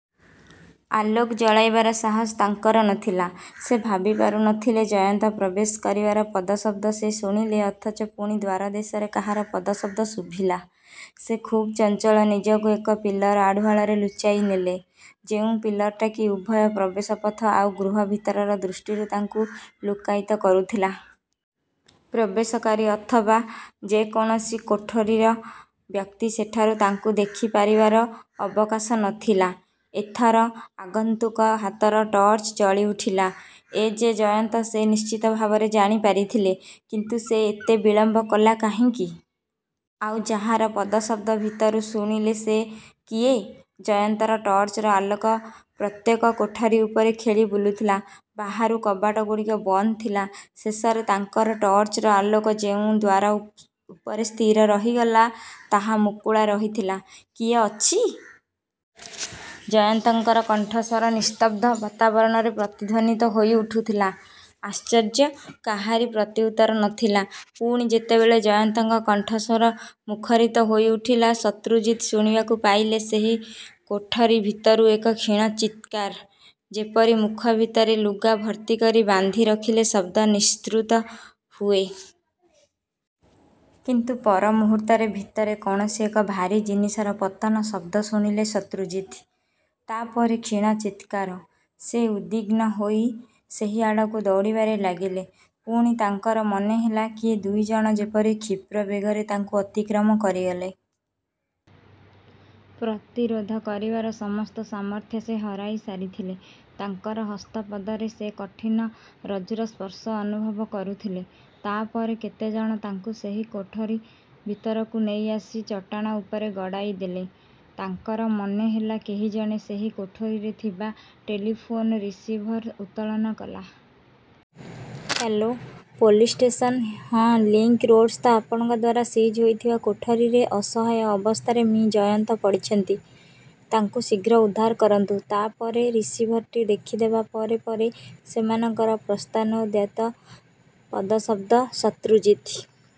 ଆଲୋକ ଜଳାଇବାର ସାହସ ତାଙ୍କର ନ ଥିଲା। ସେ ଭାବି ପାରୁ ନ ଥିଲେ ଜୟନ୍ତ ପ୍ରବେଶ କରିବାର ପଦଶବ୍ଦ ସେ ଶୁଣିଲେ ଅଥଚ ପୁଣି ଦ୍ୱାରଦେଶରେ କାହାର ପଦଶବ୍ଦ ଶୁଭିଲା। ସେ ଖୁବ୍ ଚଞ୍ଚଳ ନିଜକୁ ଏକ ପିଲର୍ ଆଢ଼ୁଆଳରେ ଲୁଚାଇ ନେଲେ। ଯେଉଁ ପିଲରଟା କି ଉଭୟ ପ୍ରବେଶ ପଥ ଆଉ ଗୃହ ଭିତରର ଦୃଷ୍ଟିରୁ ତାଙ୍କୁ ଲୁକ୍କାୟିତ କରୁଥିଲା। ପ୍ରବେଶକାରୀ ଅଥବା ଯେ କୌଣସି କୋଠରିର ବ୍ୟକ୍ତି ସେଠାରୁ ତାଙ୍କୁ ଦେଖି ପାରିବାର ଅବକାଶ ନ ଥିଲା। ଏ ଥର ଆଗନ୍ତୁକ ହାତର ଟର୍ଚ୍ଚ ଜଳିଉଠିଲା। ଏ ଯେ ଜୟନ୍ତ ସେ ନିଶ୍ଚିତ ଭାବରେ ଜାଣି ପାରିଥିଲେ। କିନ୍ତୁ ସେ ଏତେ ବିଳମ୍ବ କଲା କାହିଁକି? ଆଉ ଯାହାର ପଦଶବ୍ଦ ଭିତରୁ ଶୁଣିଲେ ସେ କିଏ? ଜୟନ୍ତର ଟର୍ଚ୍ଚର ଆଲୋକ ପ୍ରତ୍ୟେକ କୋଠରି ଉପରେ ଖେଳି ବୁଲୁଥିଲା। ବାହାରୁ କବାଟଗୁଡ଼ିକ ବନ୍ଦ ଥିଲା। ଶେଷରେ ତାଙ୍କର ଟର୍ଚ୍ଚର ଆଲୋକ ଯେଉଁ ଦ୍ୱାର ଉପରେ ସ୍ଥିର ରହିଗଲା ତାହା ମୁକୁଳା ରହିଥିଲା କିଏ ଅଛି? ଜୟନ୍ତଙ୍କର କଣ୍ଠସ୍ୱର ନିସ୍ତବ୍ଧ ବାତାବରଣରେ ପ୍ରତିଧ୍ୱନିତ ହୋଇଉଠୁଥିଲା। ଆଶ୍ଚର୍ଯ୍ୟ। କାହାରି ପ୍ରତିଉତ୍ତର ନ ଥିଲା। ପୁଣି ଯେତେବେଳେ ଜୟନ୍ତଙ୍କ କଣ୍ଠସ୍ୱର ମୁଖରିତ ହୋଇ ଉଠିଲା ଶତ୍ରୁଜିତ୍ ଶୁଣିବାକୁ ପାଇଲେ ସେହି କୋଠରି ଭିତରୁ ଏକ କ୍ଷୀଣ ଚିତ୍କାର। ଯେପରି ମୁଖ ଭିତରେ ଲୁଗା ଭର୍ତ୍ତି କରି ବାନ୍ଧି ରଖିଲେ ଶବ୍ଦ ନିଃସୃତ ହୁଏ। କିନ୍ତୁ ପରମୁହୂର୍ତ୍ତରେ ଭିତରେ କୌଣସି ଏକ ଭାରୀ ଜିନିଷର ପତନ ଶବ୍ଦ ଶୁଣିଲେ ଶତ୍ରୁଜିତ୍। ତା ପରେ କ୍ଷୀଣ ଚିତ୍କାର। ସେ ଉଦ୍ବିଗ୍ନ ହୋଇ ସେହି ଆଡ଼କୁ ଦୌଡ଼ିବାରେ ଲାଗିଲେ। ପୁଣି ତାଙ୍କର ମନେ ହେଲା କିଏ ଦୁଇ ଜଣ ଯେପରି କ୍ଷିପ୍ର ବେଗରେ ତାଙ୍କୁ ଅତିକ୍ରମ କରିଗଲେ। ପ୍ରତିରୋଧ କରିବାର ସମସ୍ତ ସାମର୍ଥ୍ୟ ସେ ହରାଇ ସାରିଥିଲେ। ତାଙ୍କର ହସ୍ତପଦରେ ସେ କଠିନ ରଜ୍ଜୁର ସ୍ପର୍ଶ ଅନୁଭବ କରୁଥିଲେ। ତା ପରେ କେତେ ଜଣ ତାଙ୍କୁ ସେହି କୋଠରି ଭିତରକୁ ନେଇ ଆସି ଚଟାଣ ଉପରେ ଗଡ଼ାଇ ଦେଲେ। ତାଙ୍କର ମନେହେଲା କେହି ଜଣେ ସେହି କୋଠରିରେ ଥିବା ଟେଲିଫୋନ୍ ରିସିଭର ଉତ୍ତୋଳନ କଲା। ହ୍ୟାଲୋ ପୋଲିସ ଷ୍ଟେସନ ହଁ ଲିଙ୍କ୍ ରୋଡ଼ସ୍ଥ ଆପଣଙ୍କ ଦ୍ୱାରା ସିଜ୍ ହୋଇଥିବା କୋଠରିରେ ଅସହାୟ ଅବସ୍ଥାରେ ମି ଜୟନ୍ତ ପଡ଼ିଛନ୍ତି। ତାଙ୍କୁ ଶୀଘ୍ର ଉଦ୍ଧାର କରନ୍ତୁ। ତା ପରେ ରିସିଭରଟି ରଖିଦେବା ପରେ ପରେ ସେମାନଙ୍କର ପ୍ରସ୍ଥାନୋଦ୍ୟତ ପଦଶବ୍ଦ ଶତ୍ରୁଜିତ୍